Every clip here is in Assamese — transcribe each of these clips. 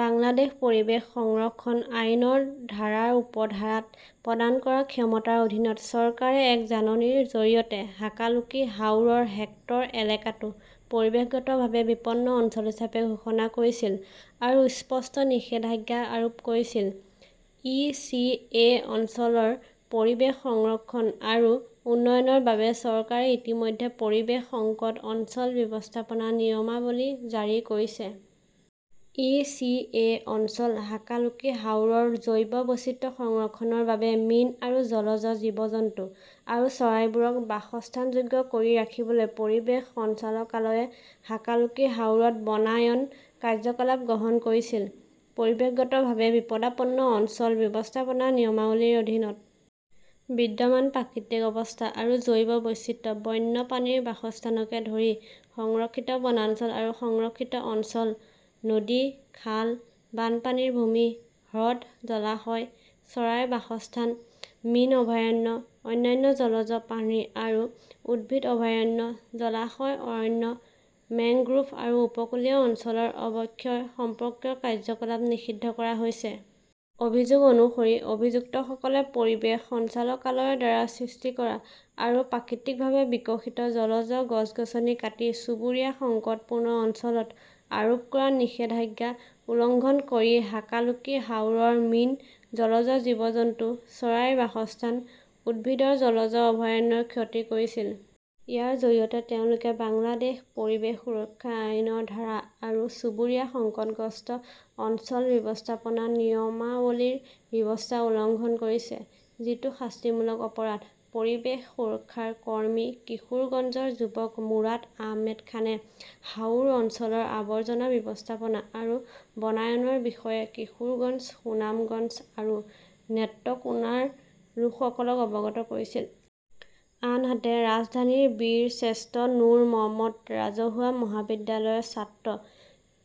বাংলাদেশ পৰিৱেশ সংৰক্ষণ আইনৰ ধাৰাৰ উপধাৰাত প্ৰদান কৰা ক্ষমতাৰ অধীনত, চৰকাৰে এক জাননীৰ জৰিয়তে হাকালুকি হাওৰৰ হেক্টৰ এলেকাটো পৰিৱেশগতভাৱে বিপন্ন অঞ্চল হিচাপে ঘোষণা কৰিছিল আৰু স্পষ্ট নিষেধাজ্ঞা আৰোপ কৰিছিল। ই. চি. এ. অঞ্চলৰ পৰিৱেশ সংৰক্ষণ আৰু উন্নয়নৰ বাবে চৰকাৰে ইতিমধ্যে পৰিৱেশ সংকট অঞ্চল ব্যৱস্থাপনা নিয়মাৱলী জাৰি কৰিছে। ই. চি. এ. অঞ্চল হাকালুকি হাওৰৰ জৈৱ বৈচিত্ৰ্য সংৰক্ষণৰ বাবে মীন আৰু জলজ জীৱ-জন্তু আৰু চৰাইবোৰক বাসস্থানযোগ্য কৰি ৰাখিবলৈ পৰিৱেশ সঞ্চালকালয়ে হাকালুকি হাওৰত বনায়ন কাৰ্যকলাপ গ্ৰহণ কৰিছিল। পৰিৱেশগতভাৱে বিপদাপন্ন অঞ্চল ব্যৱস্থাপনা নিয়মাৱলীৰ অধীনত বিদ্যমান প্ৰাকৃতিক অৱস্থা আৰু জৈৱ বৈচিত্ৰ্য, বন্য প্ৰাণীৰ বাসস্থানকে ধৰি সংৰক্ষিত বনাঞ্চল আৰু সংৰক্ষিত অঞ্চল, নদী, খাল, বানপানীৰ ভূমি, হ্ৰদ, জলাশয়, চৰাইৰ বাসস্থান, মীন অভয়াৰণ্য, অন্যান্য জলজ প্ৰাণী আৰু উদ্ভিদ অভয়াৰণ্য, জলাশয় অৰণ্য, মেংগ্ৰোভ আৰু উপকূলীয় অঞ্চলৰ অৱক্ষয় সম্পৰ্কীয় কাৰ্যকলাপ নিষিদ্ধ কৰা হৈছে। অভিযোগ অনুসৰি, অভিযুক্তসকলে পৰিৱেশ সঞ্চালকালয়ৰ দ্বাৰা সৃষ্টি কৰা আৰু প্ৰাকৃতিকভাৱে বিকশিত জলজ গছ-গছনি কাটি চুবুৰীয়া সংকটপূৰ্ণ অঞ্চলত আৰোপ কৰা নিষেধাজ্ঞা উলংঘন কৰি হাকালুকি হাওৰৰ মীন, জলজ জীৱ-জন্তু, চৰাইৰ বাসস্থান, উদ্ভিদৰ জলজ অভয়াৰণ্যৰ ক্ষতি কৰিছিল। ইয়াৰ জৰিয়তে তেওঁলোকে বাংলাদেশ পৰিৱেশ সুৰক্ষা আইন'ৰ ধাৰা আৰু চুবুৰীয়া সংকটগ্ৰস্ত অঞ্চল ব্যৱস্থাপনা নিয়মাৱলী'ৰ ব্যৱস্থা উলংঘন কৰিছে, যিটো শাস্তিমূলক অপৰাধ। পৰিৱেশ সুৰক্ষাৰ কৰ্মী কিশোৰগঞ্জৰ যুৱক মুৰাদ আহমেদ খানে হাওৰ অঞ্চলৰ আৱৰ্জনা ব্যৱস্থাপনা আৰু বনায়নৰ বিষয়ে কিশোৰগঞ্জ, সুনামগঞ্জ আৰু নেত্ৰকোনাৰ লোকসকলক অৱগত কৰিছিল। আনহাতে, ৰাজধানীৰ বীৰ শ্ৰেষ্ঠ নুৰ মহম্মদ ৰাজহুৱা মহাবিদ্যালয়ৰ ছাত্ৰ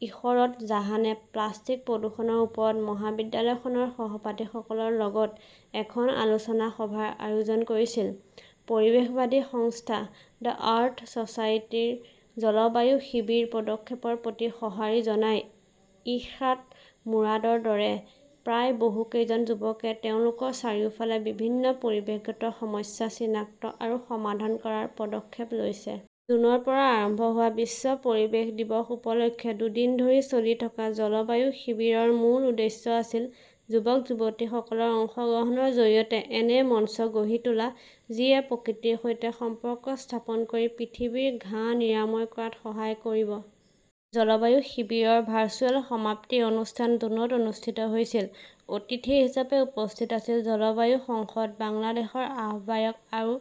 ইশৰত জাহানে প্লাষ্টিক প্ৰদূষণৰ ওপৰত মহাবিদ্যালয়খনৰ সহপাঠীসকলৰ লগত এখন আলোচনা সভাৰ আয়োজন কৰিছিল। পৰিৱেশবাদী সংস্থা "দ্য আৰ্থ ছ'চাইটি"ৰ 'জলবায়ু শিবিৰ' পদক্ষেপৰ প্ৰতি সঁহাৰি জনাই ইশ্ৰাত-মুৰাদৰ দৰে প্ৰায় বহু কেইজন যুৱকে তেওঁলোকৰ চাৰিওফালে বিভিন্ন পৰিৱেশগত সমস্যা চিনাক্ত আৰু সমাধান কৰাৰ পদক্ষেপ লৈছে। জুনৰ পৰা আৰম্ভ হোৱা বিশ্ব পৰিৱেশ দিৱস উপলক্ষে দুদিন ধৰি চলি থকা জলবায়ু শিবিৰৰ মূল উদ্দেশ্য আছিল যুৱক-যুৱতীসকলৰ অংশগ্ৰহণৰ জৰিয়তে এনে মঞ্চ গঢ়ি তোলা যিয়ে প্ৰকৃতিৰ সৈতে সম্পৰ্ক স্থাপন কৰি পৃথিৱীৰ ঘাঁ নিৰাময় কৰাত সহায় কৰিব। জলবায়ু শিবিৰৰ ভাৰ্চুৱেল সমাপ্তি অনুষ্ঠান জুনত অনুষ্ঠিত হৈছিল। অতিথি হিচাপে উপস্থিত আছিল জলবায়ু সংসদ বাংলাদেশৰ আহ্বায়ক আৰু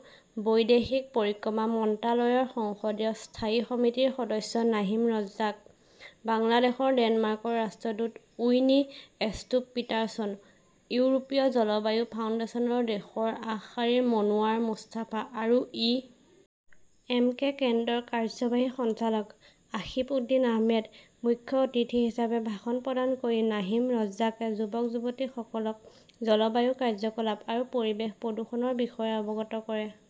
বৈদেশিক পৰিক্ৰমা মন্ত্ৰালয়ৰ সংসদীয় স্থায়ী সমিতিৰ সদস্য নাহিম ৰজ্জাক, বাংলাদেশৰ ডেনমাৰ্কৰ ৰাষ্ট্ৰদূত উইনি এষ্ট্ৰুপ পিটাৰছন, ইউৰোপীয় জলবায়ু ফাউণ্ডেশ্যনৰ দেশৰ আগশাৰীৰ মনোৱাৰ মুস্তাফা আৰু ই. এম. কে. কেন্দ্ৰৰ কাৰ্যবাহী সঞ্চালক আসিফ উদ্দিন আহমেদ। মুখ্য অতিথি হিচাপে ভাষণ প্ৰদান কৰি নাহিম ৰজ্জাকে যুৱক-যুৱতীসকলক জলবায়ু কাৰ্যকলাপ আৰু পৰিৱেশ প্ৰদূষণৰ বিষয়ে অৱগত কৰে ।